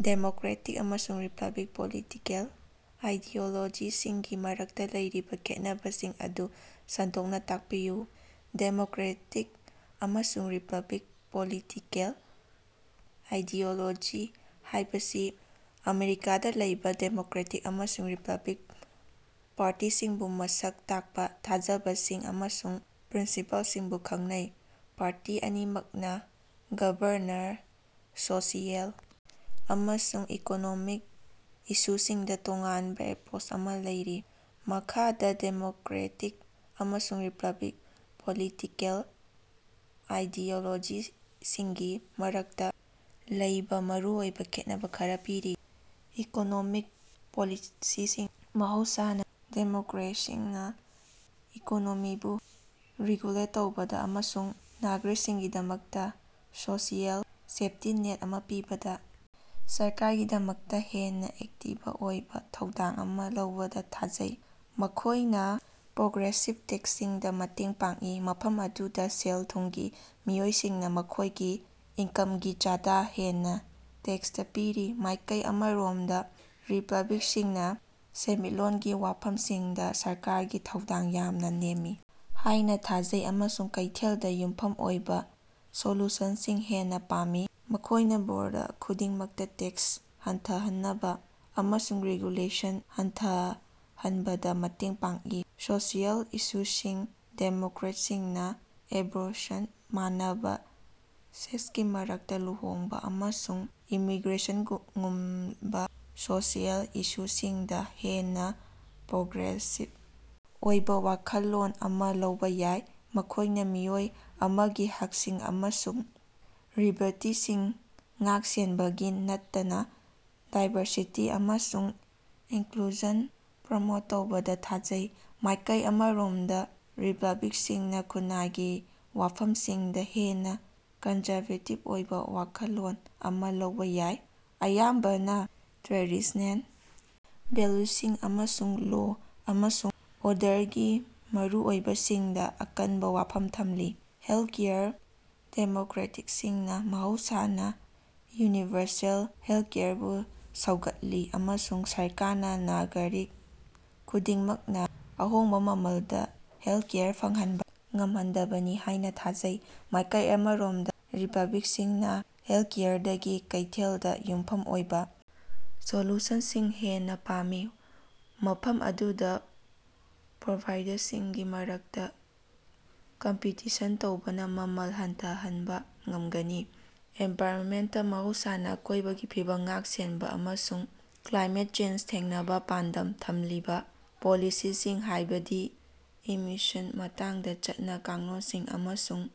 Democratic ꯑꯃꯁꯨꯡ republic political ꯑꯥꯏꯗꯤꯑꯣꯂꯣꯖꯤꯁꯤꯡꯒꯤ ꯃꯔꯛꯇꯥ ꯂꯩꯔꯤꯕꯥ ꯈꯦꯠꯅꯕꯁꯤꯡ ꯑꯗꯨ ꯁꯟꯗꯣꯛꯅꯥ ꯇꯥꯛꯄꯤꯌꯨ꯫ ꯗꯦꯃꯣꯀꯔꯦꯇꯤꯛ ꯑꯃꯁꯨꯡ ꯔꯤꯄꯕ꯭ꯂꯤꯛ ꯄꯣꯂꯤꯇꯤꯀꯦꯜ ꯑꯥꯏꯗꯤꯑꯣꯂꯣꯖꯤ ꯍꯥꯏꯕꯁꯤ ꯑꯃꯦꯔꯤꯀꯥꯗꯥ ꯂꯩꯕꯥ ꯗꯦꯃꯣꯀꯔꯦꯇꯤꯛ ꯑꯃꯁꯨꯡ ꯔꯤꯄꯕ꯭ꯂꯤꯛ ꯄꯥꯔꯇꯤꯁꯤꯡꯕꯨ ꯃꯁꯛ ꯇꯥꯛꯄꯥ ꯊꯥꯖꯕꯁꯤꯡ ꯑꯃꯁꯨꯡ ꯄ꯭ꯔꯤꯟꯁꯤꯄꯥꯜꯁꯤꯡꯕꯨ ꯈꯪꯅꯩ꯫ ꯄꯥꯔꯇꯤ ꯑꯅꯤꯃꯛꯅꯥ ꯒꯕꯔꯅꯥꯟꯁ, ꯁꯣꯁꯤꯑꯦꯜ, ꯑꯃꯁꯨꯡ ꯏꯀꯣꯅꯣꯃꯤꯛ ꯏꯁꯨꯁꯤꯡꯗꯥ ꯇꯣꯉꯥꯟꯕꯥ ꯑꯦꯞꯄꯔꯣꯆ ꯑꯃꯥ ꯂꯩꯔꯤ꯫ ꯃꯈꯥꯗꯥ ꯗꯦꯃꯣꯀꯔꯦꯇꯤꯛ ꯑꯃꯁꯨꯡ ꯔꯤꯄꯕ꯭ꯂꯤꯛ ꯄꯣꯂꯤꯇꯤꯀꯦꯜ ꯑꯥꯏꯗꯤꯑꯣꯂꯣꯖꯤꯁꯤꯡꯒꯤ ꯃꯔꯛꯇꯥ ꯂꯩꯕꯥ ꯃꯔꯨꯑꯣꯏꯕꯥ ꯈꯦꯠꯅꯕꯥ ꯈꯔꯥ ꯄꯤꯔꯤ: ꯏꯀꯣꯅꯣꯃꯤꯛ ꯄꯣꯂꯤꯁꯤꯁꯤꯡ: ꯃꯍꯧꯁꯥꯅꯥ ꯗꯦꯃꯣꯀꯔꯦꯠꯁꯤꯡꯅꯥ ꯏꯀꯣꯅꯣꯃꯤꯕꯨ ꯔꯤꯒꯨꯂꯦꯠ ꯇꯧꯕꯗꯥ ꯑꯃꯁꯨꯡ ꯅꯥꯒꯔꯤꯛꯁꯤꯡꯒꯤꯗꯃꯛꯇꯥ ꯁꯣꯁꯤꯑꯦꯜ ꯁꯦꯐꯇꯤ ꯅꯦꯠ ꯑꯃꯥ ꯄꯤꯕꯗꯥ ꯁꯔꯀꯥꯔꯒꯤꯗꯃꯛꯇꯥ ꯍꯦꯟꯅꯥ ꯑꯦꯛꯇꯤꯕ ꯑꯣꯏꯕꯥ ꯊꯧꯗꯥꯡ ꯑꯃꯥ ꯂꯧꯕꯗꯥ ꯊꯥꯖꯩ꯫ ꯃꯈꯣꯏꯅꯥ ꯄ꯭ꯔꯣꯒ꯭ꯔꯦꯁꯤꯚ ꯇꯦꯛꯁꯁꯤꯡꯗꯥ ꯃꯇꯦꯡ ꯄꯥꯡꯏ, ꯃꯐꯝ ꯑꯗꯨꯗꯥ ꯁꯦꯜ ꯊꯨꯝꯒꯤ ꯃꯤꯑꯣꯏꯁꯤꯡꯅꯥ ꯃꯈꯣꯏꯒꯤ ꯏꯟꯀꯝꯒꯤ ꯆꯥꯗꯥ ꯍꯦꯟꯅꯥ ꯇꯦꯛꯁꯇꯥ ꯄꯤꯔꯤ꯫ ꯃꯥꯏꯀꯩ ꯑꯃꯔꯣꯝꯗꯥ ꯔꯤꯄꯕ꯭ꯂꯤꯛꯁꯤꯡꯅꯥ ꯁꯦꯟꯃꯤꯠꯂꯣꯟꯒꯤ ꯋꯥꯐꯝꯁꯤꯡꯗꯥ ꯁꯔꯀꯥꯔꯒꯤ ꯊꯧꯗꯥꯡ ꯌꯥꯝꯅꯥ ꯅꯦꯝꯃꯤ ꯍꯥꯏꯅꯥ ꯊꯥꯖꯩ ꯑꯃꯁꯨꯡ ꯀꯩꯊꯦꯜꯗꯥ ꯌꯨꯝꯐꯝ ꯑꯣꯏꯕꯥ ꯁꯣꯂꯨꯁꯟꯁꯤꯡ ꯍꯦꯟꯅꯥ ꯄꯥꯝꯃꯤ꯫ ꯃꯈꯣꯏꯅꯥ ꯕꯣꯔꯗ ꯈꯨꯗꯤꯡꯃꯛꯇꯥ ꯇꯦꯛꯁ ꯍꯟꯊꯍꯟꯕꯥ ꯑꯃꯁꯨꯡ ꯔꯦꯒꯨꯂꯦꯁꯟ ꯍꯟꯊꯍꯟꯕꯗꯥ ꯃꯇꯦꯡ ꯄꯥꯡꯏ꯫ ꯁꯣꯁꯤꯑꯦꯜ ꯏꯁꯨꯁꯤꯡ: ꯗꯦꯃꯣꯀ꯭ꯔꯦꯠꯁꯤꯡꯅꯥ ꯑꯦꯕꯣꯔꯁꯟ, ꯃꯥꯟꯅꯕꯥ ꯁꯦꯛꯁꯀꯤ ꯃꯔꯛꯇꯥ ꯂꯨꯍꯣꯡꯕꯥ, ꯑꯃꯁꯨꯡ ꯏꯃꯤꯒ꯭ꯔꯦꯁꯟꯉꯨꯝꯕꯥ ꯁꯣꯁꯤꯑꯦꯜ ꯏꯁꯨꯁꯤꯡꯗꯥ ꯍꯦꯟꯅꯥ ꯄ꯭ꯔꯣꯒ꯭ꯔꯦꯁꯤꯚ ꯑꯣꯏꯕꯥ ꯋꯥꯈꯜꯂꯣꯟ ꯑꯃꯥ ꯂꯧꯕꯥ ꯌꯥꯏ꯫ ꯃꯈꯣꯏꯅꯥ ꯃꯤꯑꯣꯏ ꯑꯃꯒꯤ ꯍꯛꯁꯤꯡ ꯑꯃꯁꯨꯡ ꯂꯤꯕꯔꯇꯤꯁꯤꯡ ꯉꯥꯛ-ꯁꯦꯟꯕꯒꯤ ꯅꯠꯇꯅꯥ ꯗꯥꯏꯕꯔꯁꯤꯇꯤ ꯑꯃꯁꯨꯡ ꯏꯟꯀꯂꯨꯖꯟ ꯄ꯭ꯔꯃꯣꯠ ꯇꯧꯕꯗꯥ ꯊꯥꯖꯩ꯫ ꯃꯥꯏꯀꯩ ꯑꯃꯔꯣꯝꯗꯥ ꯔꯤꯄꯕ꯭ꯂꯤꯛꯁꯤꯡꯅꯥ ꯈꯨꯟꯅꯥꯏꯒꯤ ꯋꯥꯐꯝꯁꯤꯡꯗꯥ ꯍꯦꯟꯅꯥ ꯀꯟꯖꯔꯕꯦꯇꯤꯕ ꯑꯣꯏꯕꯥ ꯋꯥꯈꯜꯂꯣꯟ ꯑꯃꯥ ꯂꯧꯕꯥ ꯌꯥꯏ, ꯑꯌꯥꯝꯕꯅꯥ ꯇ꯭ꯔꯦꯗꯤꯁ꯭ꯅꯦꯜ ꯚꯦꯜꯌꯨꯁꯤꯡ ꯑꯃꯁꯨꯡ ꯂꯣ ꯑꯃꯁꯨꯡ ꯑꯣꯔꯗꯔꯒꯤ ꯃꯔꯨꯑꯣꯏꯕꯁꯤꯡꯗꯥ ꯑꯀꯟꯕꯥ ꯋꯥꯐꯝ ꯊꯝꯂꯤ꯫ ꯍꯦꯜꯊꯀꯦꯌꯔ: ꯗꯦꯃꯣꯀꯔꯦꯠꯁꯤꯡꯅꯥ ꯃꯍꯧꯁꯥꯅꯥ ꯌꯨꯅꯤꯚꯔꯁꯦꯜ ꯍꯦꯜꯊꯀꯦꯌꯔꯕꯨ ꯁꯧꯒꯠꯂꯤ ꯑꯃꯁꯨꯡ ꯁꯔꯀꯥꯔꯅꯥ ꯅꯥꯒꯔꯤꯛ ꯈꯨꯗꯤꯡꯃꯛꯅꯥ ꯑꯍꯣꯡꯕꯥ ꯃꯃꯜꯗꯥ ꯍꯦꯜꯊꯀꯦꯌꯔ ꯐꯪꯍꯟꯕꯥ ꯉꯝꯍꯟꯗꯕꯅꯤ ꯍꯥꯏꯅꯥ ꯊꯥꯖꯩ꯫ ꯃꯥꯏꯀꯩ ꯑꯃꯔꯣꯝꯗꯥ ꯔꯤꯄꯕ꯭ꯂꯤꯛꯁꯤꯡꯅꯥ ꯍꯦꯜꯊꯀꯦꯌꯔꯗꯒꯤ ꯀꯩꯊꯦꯜꯗꯥ ꯌꯨꯝꯐꯝ ꯑꯣꯏꯕꯥ ꯁꯣꯂꯨꯁꯟꯁꯤꯡ ꯍꯦꯟꯅꯥ ꯄꯥꯝꯃꯤ, ꯃꯐꯝ ꯑꯗꯨꯗꯥ ꯄ꯭ꯔꯣꯚꯥꯏꯗꯔꯁꯤꯡꯒꯤ ꯃꯔꯛꯇꯥ ꯀꯝꯄꯤꯇꯤꯁꯟ ꯇꯧꯕꯅꯥ ꯃꯃꯜ ꯍꯟꯊꯍꯟꯕꯥ ꯉꯝꯒꯅꯤ꯫ ꯑꯦꯟꯚꯥꯏꯔꯟꯃꯦꯟꯇ: ꯃꯍꯧꯁꯥꯅꯥ ꯑꯀꯣꯏꯕꯒꯤ ꯐꯤꯕꯝ ꯉꯥꯛ-ꯁꯦꯟꯕꯥ ꯑꯃꯁꯨꯡ ꯀ꯭ꯂꯥꯏꯃꯦꯠ ꯆꯦꯟꯖ ꯊꯦꯡꯅꯕꯥ ꯄꯥꯟꯗꯝ ꯊꯝꯂꯤꯕꯥ ꯄꯣꯂꯤꯁꯤꯁꯤꯡ, ꯍꯥꯏꯕꯗꯤ ꯏꯃꯤꯁꯁꯟ ꯃꯇꯥꯡꯗꯥ ꯆꯠꯅ-ꯀꯥꯡꯂꯣꯟꯁꯤꯡ ꯑꯃꯁꯨꯡ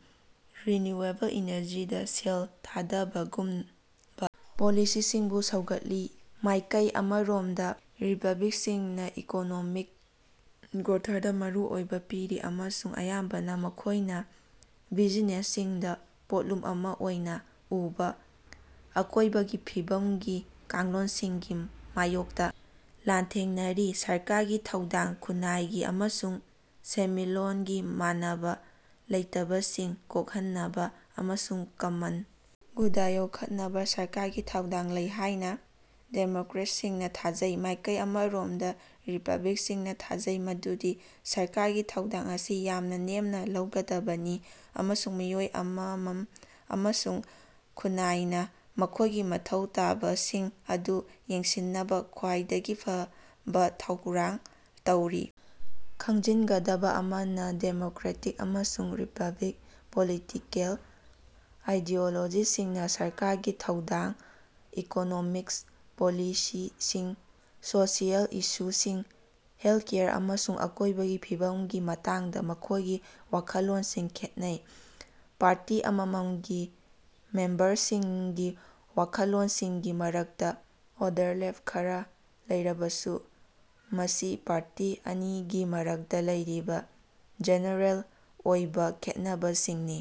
ꯔꯤꯅ꯭ꯌꯨꯑꯦꯕꯜ ꯏꯅꯔꯖꯤꯗꯥ ꯁꯦꯜ ꯊꯥꯗꯕꯒꯨꯝꯕꯥ ꯄꯣꯂꯤꯁꯤꯁꯤꯡꯕꯨ ꯁꯧꯒꯠꯂꯤ꯫ ꯃꯥꯏꯀꯩ ꯑꯃꯔꯣꯝꯗꯥ ꯔꯤꯄꯕ꯭ꯂꯤꯛꯁꯤꯡꯅꯥ ꯏꯀꯣꯅꯣꯃꯤꯛ ꯒ꯭ꯔꯣꯊꯇꯥ ꯃꯔꯨ ꯑꯣꯏꯕꯥ ꯄꯤꯔꯤ ꯑꯃꯁꯨꯡ ꯑꯌꯥꯝꯕꯅꯥ ꯃꯈꯣꯏꯅꯥ ꯕꯤꯖꯤꯅꯦꯁꯁꯤꯡꯗꯥ ꯄꯣꯠꯂꯨꯝ ꯑꯃꯥ ꯑꯣꯏꯅꯥ ꯎꯕꯥ ꯑꯀꯣꯏꯕꯒꯤ ꯐꯤꯕꯝꯒꯤ ꯀꯥꯡꯂꯣꯟꯁꯤꯡꯒꯤ ꯃꯥꯌꯣꯛꯇꯥ ꯂꯥꯟꯊꯦꯡꯅꯔꯤ꯫ ꯁꯔꯀꯥꯔꯒꯤ ꯊꯧꯗꯥꯡ: ꯈꯨꯟꯅꯥꯏꯒꯤ ꯑꯃꯁꯨꯡ ꯁꯦꯟꯃꯤꯠꯂꯣꯒꯤ ꯃꯥꯟꯅꯕꯥ ꯂꯩꯇꯕꯁꯤꯡ ꯀꯣꯛꯍꯟꯅꯕꯥ ꯑꯃꯁꯨꯡ ꯀꯃꯟ ꯒꯨꯗ ꯌꯣꯛꯈꯠꯅꯕꯥ ꯁꯔꯀꯥꯔꯒꯤ ꯊꯧꯗꯥꯡ ꯂꯩ ꯍꯥꯏꯅꯥ ꯗꯦꯃꯣꯀꯔꯦꯠꯁꯤꯡꯅꯥ ꯊꯥꯖꯩ꯫ ꯃꯥꯏꯀꯩ ꯑꯃꯔꯣꯝꯗꯥ ꯔꯤꯄꯕ꯭ꯂꯤꯛꯁꯤꯡꯅꯥ ꯊꯥꯖꯩ ꯃꯗꯨꯗꯤ ꯁꯔꯀꯥꯔꯒꯤ ꯊꯧꯗꯥꯡ ꯑꯁꯤ ꯌꯥꯝꯅꯥ ꯅꯦꯝꯅꯥ ꯂꯩꯒꯗꯕꯅꯤ, ꯑꯃꯁꯨꯡ ꯃꯤꯑꯣꯏ ꯑꯃꯃꯝ ꯑꯃꯁꯨꯡ ꯈꯨꯟꯅꯥꯏꯅꯥ ꯃꯈꯣꯏꯒꯤ ꯃꯊꯧ ꯇꯥꯕꯁꯤꯡ ꯑꯗꯨ ꯌꯦꯡꯁꯤꯟꯅꯕꯥ ꯈ꯭ꯋꯥꯏꯗꯒꯤ ꯐꯕꯥ ꯊꯧꯔꯥꯡ ꯇꯧꯔꯤ꯫ ꯈꯪꯖꯤꯟꯒꯗꯕꯥ ꯑꯃꯅꯥ, ꯗꯦꯃꯣꯀꯔꯦꯇꯤꯛ ꯑꯃꯁꯨꯡ ꯔꯤꯄꯕ꯭ꯂꯤꯛ ꯄꯣꯂꯤꯇꯤꯀꯦꯜ ꯑꯥꯏꯗꯤꯑꯣꯂꯣꯖꯤꯁꯤꯡꯅꯥ ꯁꯔꯀꯥꯔꯒꯤ ꯊꯧꯗꯥꯡ, ꯏꯀꯣꯅꯣꯃꯤꯛ ꯄꯣꯂꯤꯁꯤꯁꯤꯡ, ꯁꯣꯁꯤꯑꯦꯜ ꯏꯁꯨꯁꯤꯡ, ꯍꯦꯜꯊꯀꯦꯌꯔ, ꯑꯃꯁꯨꯡ ꯑꯀꯣꯏꯕꯒꯤ ꯐꯤꯕꯝꯒꯤ ꯃꯇꯥꯡꯗꯥ ꯃꯈꯣꯏꯒꯤ ꯋꯥꯈꯜꯂꯣꯟꯁꯤꯡ ꯈꯦꯠꯅꯩ꯫ ꯄꯥꯔꯇꯤ ꯑꯃꯃꯝꯒꯤ ꯃꯦꯝꯕꯔꯁꯤꯡꯒꯤ ꯋꯥꯈꯜꯂꯣꯟꯁꯤꯡꯒꯤ ꯃꯔꯛꯇꯥ ꯑꯣꯚꯔꯂꯦꯞ ꯈꯔꯥ ꯂꯩꯔꯕꯁꯨ, ꯃꯁꯤ ꯄꯥꯔꯇꯤ ꯑꯅꯤꯒꯤ ꯃꯔꯛꯇꯥ ꯂꯩꯔꯤꯕꯥ ꯖꯦꯅꯔꯦꯜ ꯑꯣꯏꯕꯥ ꯈꯦꯠꯅꯕꯁꯤꯡꯅꯤ꯫